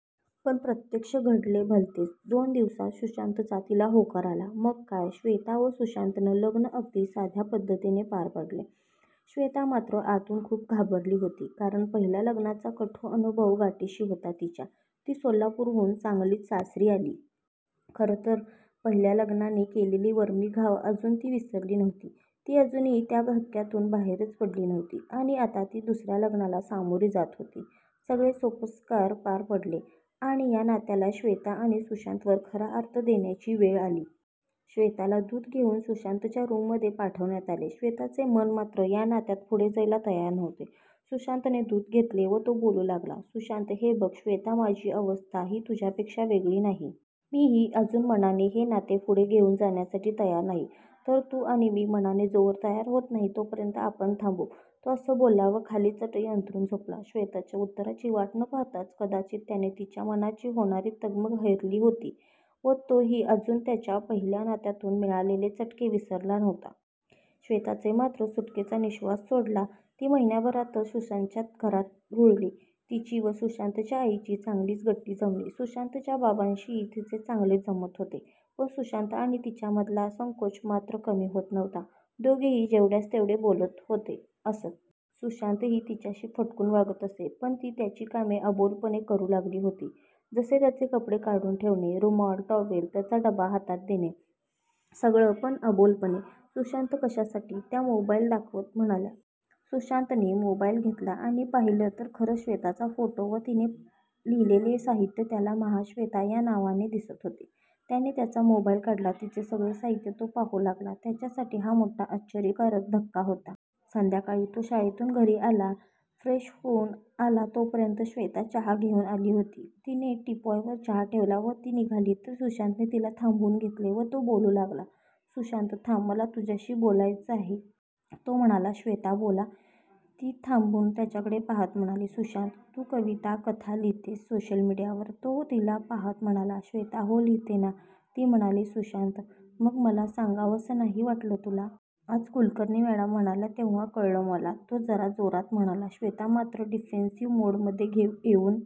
पण प्रत्यक्ष घडले भलतेच, दोन दिवसांत सुशांतचा तिला होकार आला. मग काय, श्वेता व सुशांतचे लग्न अगदी साध्या पद्धतीने पार पडले. श्वेता मात्र आतून खूप घाबरली होती. कारण पहिल्या लग्नाचा कटू अनुभव गाठीशी होता तिच्या; ती सोलापूरहून सांगलीत सासरी आली. खरं तर पहिल्या लग्नाने केलेले वरमी घाव अजून ती विसरली नव्हती. ती अजूनही त्या धक्क्यातून बाहेरच पडली नव्हती. आणि आता ती दुसऱ्या लग्नाला सामोरी जात होती. सगळे सोपस्कार पार पडले आणि या नात्याला श्वेता आणि सुशांतवर खरा अर्थ देण्याची वेळ आली. श्वेताला दूध घेऊन सुशांतच्या रूममध्ये पाठवण्यात आले. श्वेताचे मन मात्र या नात्यात पुढे जायला तयार नव्हते. सुशांतने दूध घेतले व तो बोलू लागला. सुशांत, हे बघ श्वेता, माझी अवस्था ही तुझ्यापेक्षा वेगळी नाही. मीही अजून मनाने हे नाते पुढे घेऊन जाण्यासाठी तयार नाही, तर तू आणि मी मनाने जोवर तयार होत नाही तोपर्यंत आपण थांबू! तो असं बोलला व खाली चटई अंथरून झोपला, श्वेताच्या उत्तराची वाट न पाहताच, कदाचित त्याने तिच्या मनाची होणारी तगमग हेरली होती व तोही अजून त्याच्या पहिल्या नात्यातून मिळालेले चटके विसरला नव्हता. श्वेताने मात्र सुटकेचा निःश्वास सोडला. ती महिन्याभरातच सुशांतच्या घरात रुळली. तिची व सुशांतच्या आईची चांगलीच गट्टी जमली. सुशांतच्या बाबांशीही तिचे चांगलेच जमत होते. पण सुशांत आणि तिच्यामधला संकोच मात्र कमी होत नव्हता. दोघेही जेवढ्यास-तेवढेच बोलत असत. सुशांतही तिच्याशी फटकून वागत असे. पण ती त्याची कामे अबोलपणे करू लागली होती. जसे त्याचे कपडे काढून ठेवणे, रुमाल, टॉवेल, त्याचा डबा हातात देणे, सगळं पण अबोलपणे. सुशांत, कशासाठी! त्या मोबाईल दाखवत म्हणाल्या. सुशांतने मोबाईल घेतला आणि पाहिलं तर खरंच श्वेताचा फोटो व तिने लिहिलेले साहित्य त्याला महाश्वेता या नावाने दिसत होते. त्याने त्याचा मोबाईल काढला, तिचे सगळे साहित्य तो पाहू लागला. त्याच्यासाठी हा मोठा आश्चर्यकारक धक्का होता. संध्याकाळी तो शाळेतून घरी आला. फ्रेश होऊन आला तोपर्यंत श्वेता चहा घेऊन आली होती. तिने टीपॉयवर चहा ठेवला व ती निघाली तर सुशांतने तिला थांबवून घेतले व तो बोलू लागला. सुशांत, थांब, मला तुझ्याशी बोलायचे आहे? तो म्हणाला. श्वेता, बोला! ती थांबून त्याच्याकडे पाहत म्हणाली. सुशांत, तू कविता, कथा लिहितेस सोशल मीडियावर? तो तिला पाहत म्हणाला. श्वेता, हो लिहिते ना! ती म्हणाली. सुशांत, मग मला सांगावंसं नाही वाटलं तुला? आज कुलकर्णी मॅडम म्हणाल्या तेव्हा कळलं मला, तो जरा जोरात म्हणाला. श्वेता मात्र डिफेन्सिव्ह मोडमध्ये येऊन